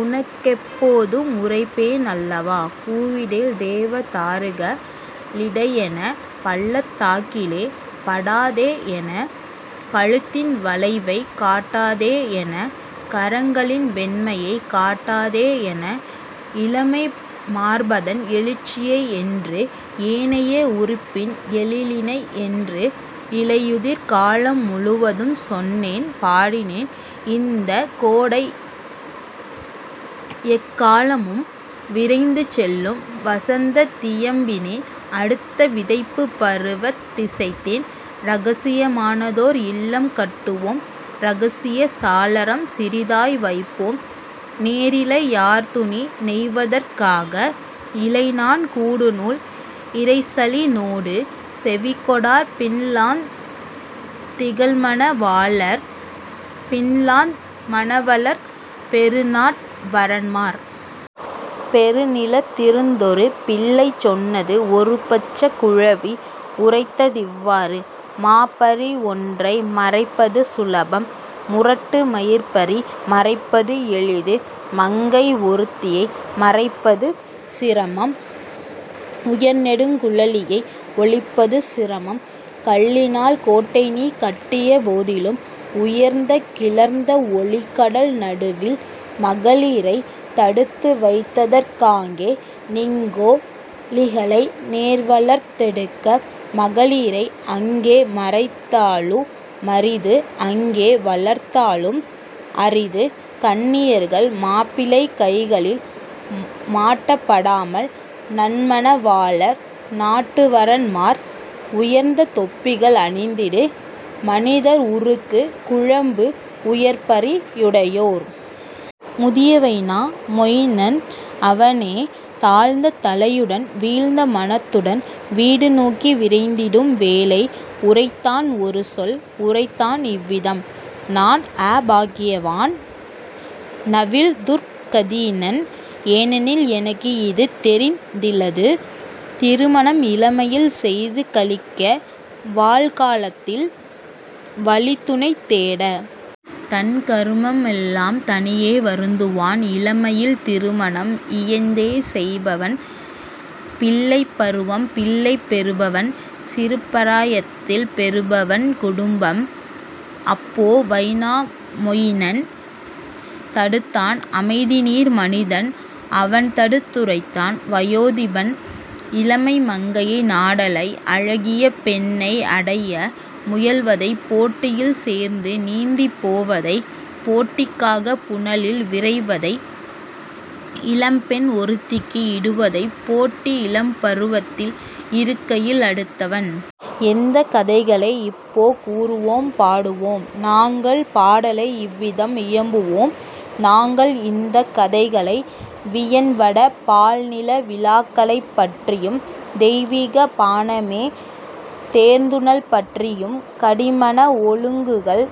உனக்கெப் போதும் உரைப்பேன் அல்லவா,। கூவிடேல் தேவ தாருக ளிடையென, பள்ளத் தாக்கிலே பாடா தேயென, கழுத்தின் வளைவைக் காட்டா தேயென, கரங்களின் வெண்மையைக் காட்டா தேயென, இளமை மார்பதன் எழுச்சியை என்று, ஏனைய உறுப்பின் எழிலினை என்று! இலையுதிர் காலம் முழுவதும் சொன்னேன் பாடினேன் இந்தக் கோடைஎக் காலமும் விரைந்து செல்லும் வசந்தத் தியம்பினேன் அடுத்த விதைப்புப் பருவத் திசைத்தேன்: இரகசிய மானதோர் இல்லம் கட்டுவோம் இரகசியச் சாளரம் சிறிதாய் வைப்போம் நேரிழை யார்துணி நெய்வதற் காக இழைநான் கூடுநூல் இரைச்சலி னோடு, செவிகொடார் பின்லாந் திகழ்மண வாளர் பின்லாந் மணவளர், பெருநாட் வரன்மார். " பெருநிலத் திருந்தொரு பிள்ளை சொன்னது ஒருபட்சக் குழவி உரைத்ததிவ் வாறு: "மாபரி ஒன்றை மறைப்பது சுலபம் முரட்டு மயிர்ப்பரி மறைப்பது எளிது மங்கை ஒருத்தியை மறைப்பது சிரமம் உயர்நெடுங் குழலியை ஒளிப்பது சிரமம்; கல்லினால் கோட்டைநீ கட்டிய போதிலும் உயர்ந்து கிளர்ந்த ஒலிகடல் நடுவில் மகளிரைத் தடுத்து வைத்தற் காங்கே நின்கோ ழிகளை நேர்வளர்த் தெடுக்க மகளிரை அங்கே மறைத்தலு மரிது அங்கே வளர்தலும் அரிதுகன் னியர்கள் மாப்பிளை கைகளில் மாட்டப் படாமல் நன்மண வாளர், நாட்டு வரன்மார், உயர்ந்த தொப்பிகள் அணிந்திடு மனிதர் உருக்குக் குளம்பு உயர்பரி யுடையோர். " முதிய வைனா மொயினன் அவனே தாழ்ந்த தலையுடன் வீழ்ந்த மனத்துடன் வீடு நோக்கி விரைந்திடும் வேளை உரைத்தான் ஒருசொல் உரைத்தான் இவ்விதம்: "நான்அபாக் கியவான் நவில்துர்க் கதியினன் ஏனெனில் எனக்கு இதுதெரிந் திலது திருமணம் இளமையில் செய்து களிக்க வாழ்கா லத்தில் வழித்துணை தேட! தன்கரு மம்மெலாம் தனியே வருந்துவான் இளமையில் திருமணம் இயைந்தே செய்பவன் பிள்ளைப் பருவம் பிள்ளைப் பெறுபவன் சிறுபரா யத்தில் பெறுபவன் குடும்பம். " அப்போ வைனா மொயினன் தடுத்தான் அமைதிநீர் மனிதன் அவன்தடுத் துரைத்தான் வயோதிபன் இளமை மங்கையை நாடலை அழகிய பெண்ணை அடைய முயல்வதை போட்டியில் சேர்ந்து நீந்திப் போவதை போட்டிக் காகப் புனலில் விரைவதை இளம்பெண் ஒருத்திக்கு இடுவதைப் போட்டி இளம்பரு வத்தில் இருக்கையில் அடுத்தவன். எந்தக் கதைகளை இப்போ கூறுவோம்? பாடுவோம் நாங்கள் பாடலை இவ்விதம் இயம்புவோம் நாங்கள் இந்தக் கதைகளை: வியன்வட பால்நில விழாக்களைப் பற்றியும் தெய்வீகப் பானமே தேர்ந்துணல் பற்றியும். கடிமண ஒழுங்குகள்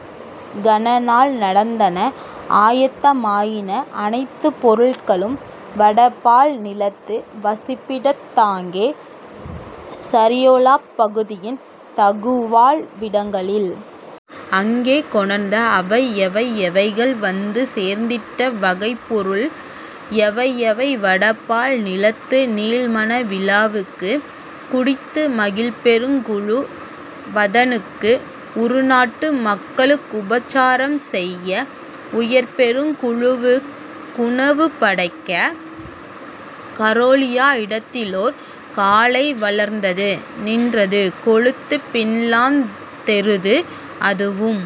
கனநாள் நடந்தன ஆயத்த மாயின அனைத்துப் பொருட்களும் வடபால் நிலத்து வசிப்பிடத் தாங்கே சரியோலாப் பகுதியின் தகுவாழ் விடங்களில். அங்கே கொணர்ந்த அவைஎவை எவைகள் வந்து சேர்ந்திட்ட வகைப்பொருள் எவைஎவை வடபால் நிலத்துநீள் மணவிழா வுக்கு குடித்து மகிழ்பெருங் குழுவத னுக்கு உறுநாட்டு மக்களுக் குபசாரம் செய்ய உயர்பெருங் குழுவுக் குணவு படைக்க. கரேலியா இடத்திலோர் காளை வளர்ந்தது நின்றது கொழுத்துப் பின்லாந் தெருது அதுவும்